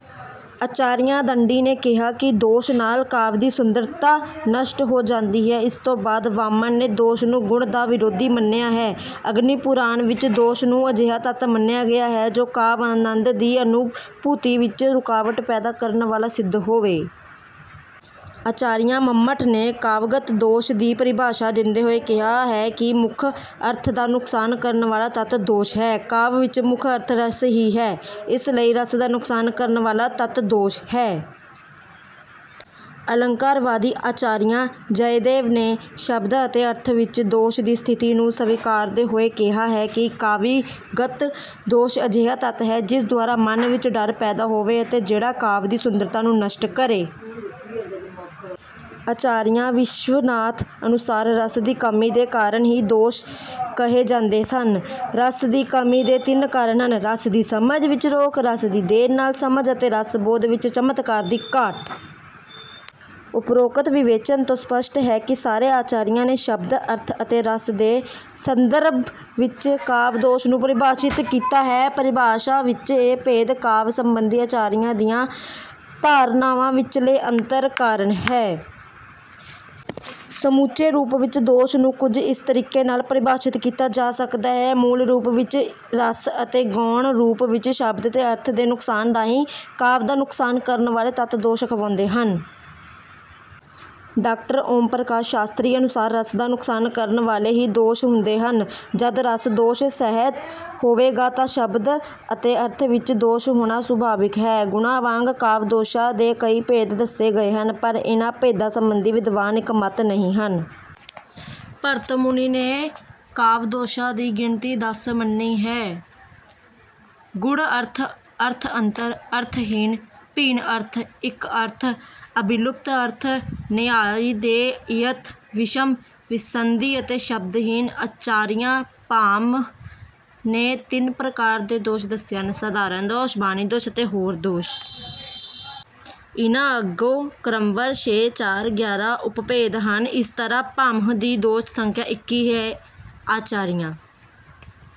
ਆਚਾਰੀਆ ਦੰਡੀ ਨੇ ਕਿਹਾ ਕਿ ਦੋਸ਼ ਨਾਲ ਕਾਵਿ ਦੀ ਸੁੰਦਰਤਾ ਨਸ਼ਟ ਹੋ ਜਾਂਦੀ ਹੈ। ਇਸ ਤੋਂ ਬਾਅਦ ਵਾਮਨ ਨੇ ਦੋਸ਼ ਨੂੰ ਗੁਣ ਦਾ ਵਿਰੋਧੀ ਮੰਨਿਆ ਹੈ। ਅਗਨੀਪੁਰਾਣ ਵਿੱਚ ਦੋਸ਼ ਨੂੰ ਅਜਿਹਾ ਤੱਤ ਮੰਨਿਆ ਗਿਆ ਹੈ ਜੋ ਕਾਵਿ-ਆਨੰਦ ਦੀ ਅਨੁਭੂਤੀ ਵਿੱਚ ਰੁਕਾਵਟ ਪੈਦਾ ਕਰਨ ਵਾਲਾ ਸਿੱਧ ਹੋਵੇ। ਆਚਾਰੀਆ ਮੰਮਟ ਨੇ ਕਾਵਿਗਤ ਦੋਸ਼ ਦੀ ਪਰਿਭਾਸ਼ਾ ਦਿੰਦੇ ਹੋਏ ਕਿਹਾ ਹੈ ਕਿ ਮੁੱਖ ਅਰਥ ਦਾ ਨੁਕਸਾਨ ਕਰਨ ਵਾਲਾ ਤੱਤ 'ਦੋਸ਼' ਹੈ। ਕਾਵਿ ਵਿੱਚ ਮੁੱਖ-ਅਰਥ ਰਸ ਹੀ ਹੈ, ਇਸ ਲਈ ਰਸ ਦਾ ਨੁਕਸਾਨ ਕਰਨ ਵਾਲਾ ਤੱਤ ਦੋਸ਼ ਹੈ। ਅਲੰਕਾਰਵਾਦੀ ਆਚਾਰੀਆ ਜਯਦੇਵ ਨੇ ਸ਼ਬਦ ਅਤੇ ਅਰਥ ਵਿੱਚ ਦੋਸ਼ ਦੀ ਸਥਿਤੀ ਨੂੰ ਸਵੀਕਾਰਦੇ ਹੋਏ ਕਿਹਾ ਹੈ ਕਿ ਕਾਵਿਗਤ ਦੋਸ਼ ਅਜਿਹਾ ਤੱਤ ਹੈ ਜਿਸ ਦੁਆਰਾ ਮਨ ਵਿੱਚ ਡਰ ਪੈਦਾ ਹੋਵੇ ਅਤੇ ਜਿਹੜਾ ਕਾਵਿ ਦੀ ਸੁੰਦਰਤਾ ਨੂੰ ਨਸ਼ਟ ਕਰੇ। ਆਚਾਰੀਆ ਵਿਸ਼ਵਨਾਥ ਅਨੁਸਾਰ ਰਸ ਦੀ ਕਮੀ ਦੇ ਕਾਰਨ ਹੀ ਦੋਸ਼ ਕਹੇ ਜਾਂਦੇ ਸਨ। ਰਸ ਦੀ ਕਮੀ ਦੇ ਤਿੰਨ ਕਾਰਨ ਹਨ ਰਸ ਦੀ ਸਮਝ ਵਿੱਚ ਰੋਕ, ਰਸ ਦੀ ਦੇਰ ਨਾਲ ਸਮਝ ਅਤੇ ਰਸ-ਬੋਧ ਵਿੱਚ ਚਮਤਕਾਰ ਦੀ ਘਾਟ। ਉਪਰੋਕਤ ਵਿਵੇਚਨ ਤੋਂ ਸਪਸ਼ਟ ਹੈ ਕਿ ਸਾਰੇ ਆਚਾਰੀਆਂ ਨੇ ਸ਼ਬਦ, ਅਰਥ ਅਤੇ ਰਸ ਦੇ ਸੰਦਰਭ ਵਿੱਚ ਕਾਵਿ-ਦੋਸ਼ ਨੂੰ ਪਰਿਭਾਸ਼ਿਤ ਕੀਤਾ ਹੈ। ਪਰਿਭਾਸ਼ਾ ਵਿੱਚ ਇਹ ਭੇਦ ਕਾਵਿ ਸੰਬੰਧੀ ਆਚਾਰੀਆਂ ਦੀਆਂ ਧਾਰਨਾਵਾਂ ਵਿੱਚਲੇ ਅੰਤਰ ਕਾਰਨ ਹੈ। ਸਮੁੱਚੇ ਰੂਪ ਵਿੱਚ ਦੋਸ਼ ਨੂੰ ਕੁੱਝ ਇਸ ਤਰੀਕੇ ਨਾਲ ਪਰਿਭਾਸ਼ਿਤ ਕੀਤਾ ਜਾ ਸਕਦਾ ਹੈ- ਮੂਲ ਰੂਪ ਵਿੱਚ ਰਸ ਅਤੇ ਗੌਣ ਰੂਪ ਵਿੱਚ ਸ਼ਬਦ ਤੇ ਅਰਥ ਦੇ ਨੁਕਸਾਨ ਰਾਹੀਂ ਕਾਵਿ ਦਾ ਨੁਕਸਾਨ ਕਰਨ ਵਾਲੇ ਤੱਤ ਦੋਸ਼ ਅਖਵਾਉਂਦੇ ਹਨ। ਡਾਕਟਰ ਓਮ ਪ੍ਰਕਾਸ਼ ਸ਼ਾਸਤ੍ਰੀ ਅਨੁਸਾਰ, "ਰਸ ਦਾ ਨੁਕਸਾਨ ਕਰਨ ਵਾਲੇ ਹੀ ਦੋਸ਼ ਹੁੰਦੇ ਹਨ, ਜਦ ਰਸ ਦੋਸ਼ ਸਹਿਤ ਹੋਵੇਗਾ ਤਾਂ ਸ਼ਬਦ ਅਤੇ ਅਰਥ ਵਿੱਚ ਵੀ ਦੋਸ਼ ਹੋਣਾ ਸੁਭਾਵਿਕ ਹੈ"। ਗੁਣਾਂ ਵਾਂਗ ਕਾਵਿ-ਦੋਸ਼ਾਂ ਦੇ ਕਈ ਭੇਦ ਦੱਸੇ ਗਏ ਹਨ, ਪਰ ਇਨ੍ਹਾਂ ਭੇਦਾਂ ਸਬੰਧੀ ਵਿਦਵਾਨ ਇੱਕ ਮਤ ਨਹੀਂ ਹਨ। ਭਰਤ ਮੁਨੀ ਨੇ ਕਾਵਿ ਦੋਸ਼ਾਂ ਦੀ ਗਿਣਤੀ ਦਸ ਮੰਨੀ ਹੈ- ਗੂੜ੍ਹ ਅਰਥ, ਅਰਥ ਅੰਤਰ, ਅਰਥ-ਹੀਨ, ਭਿੰਨ-ਅਰਥ, ਇੱਕ-ਅਰਥ, ਅਭਿਲੁਪਤ-ਅਰਥ, ਨਯਾਯਾਦਯੇਤ, ਵਿਸ਼ਮ, ਵਿਸੰਧਿ ਅਤੇ ਸ਼ਬਦ-ਹੀਨ। ਆਚਾਰੀਆ ਭਾਮਹ ਨੇ ਤਿੰਨ ਪ੍ਰਕਾਰ ਦੇ ਦੋਸ਼ ਦੱਸੇ ਹਨ- ਸਾਧਾਰਨ ਦੋਸ਼, ਬਾਣੀ ਦੋਸ਼ ਅਤੇ ਹੋਰ ਦੋਸ਼। ਇਨ੍ਹਾਂ ਅੱਗੋਂ ਕ੍ਰਮਵਾਰ ਛੇ, ਚਾਰ, ਗਿਆਰਾਂ ਉਪਭੇਦ ਹਨ। ਇਸ ਤਰ੍ਹਾਂ ਭਾਮਹ ਦੀ ਦੋਸ਼ ਸੰਖਿਆ ਇੱਕੀ ਹੈ। ਆਚਾਰੀਆ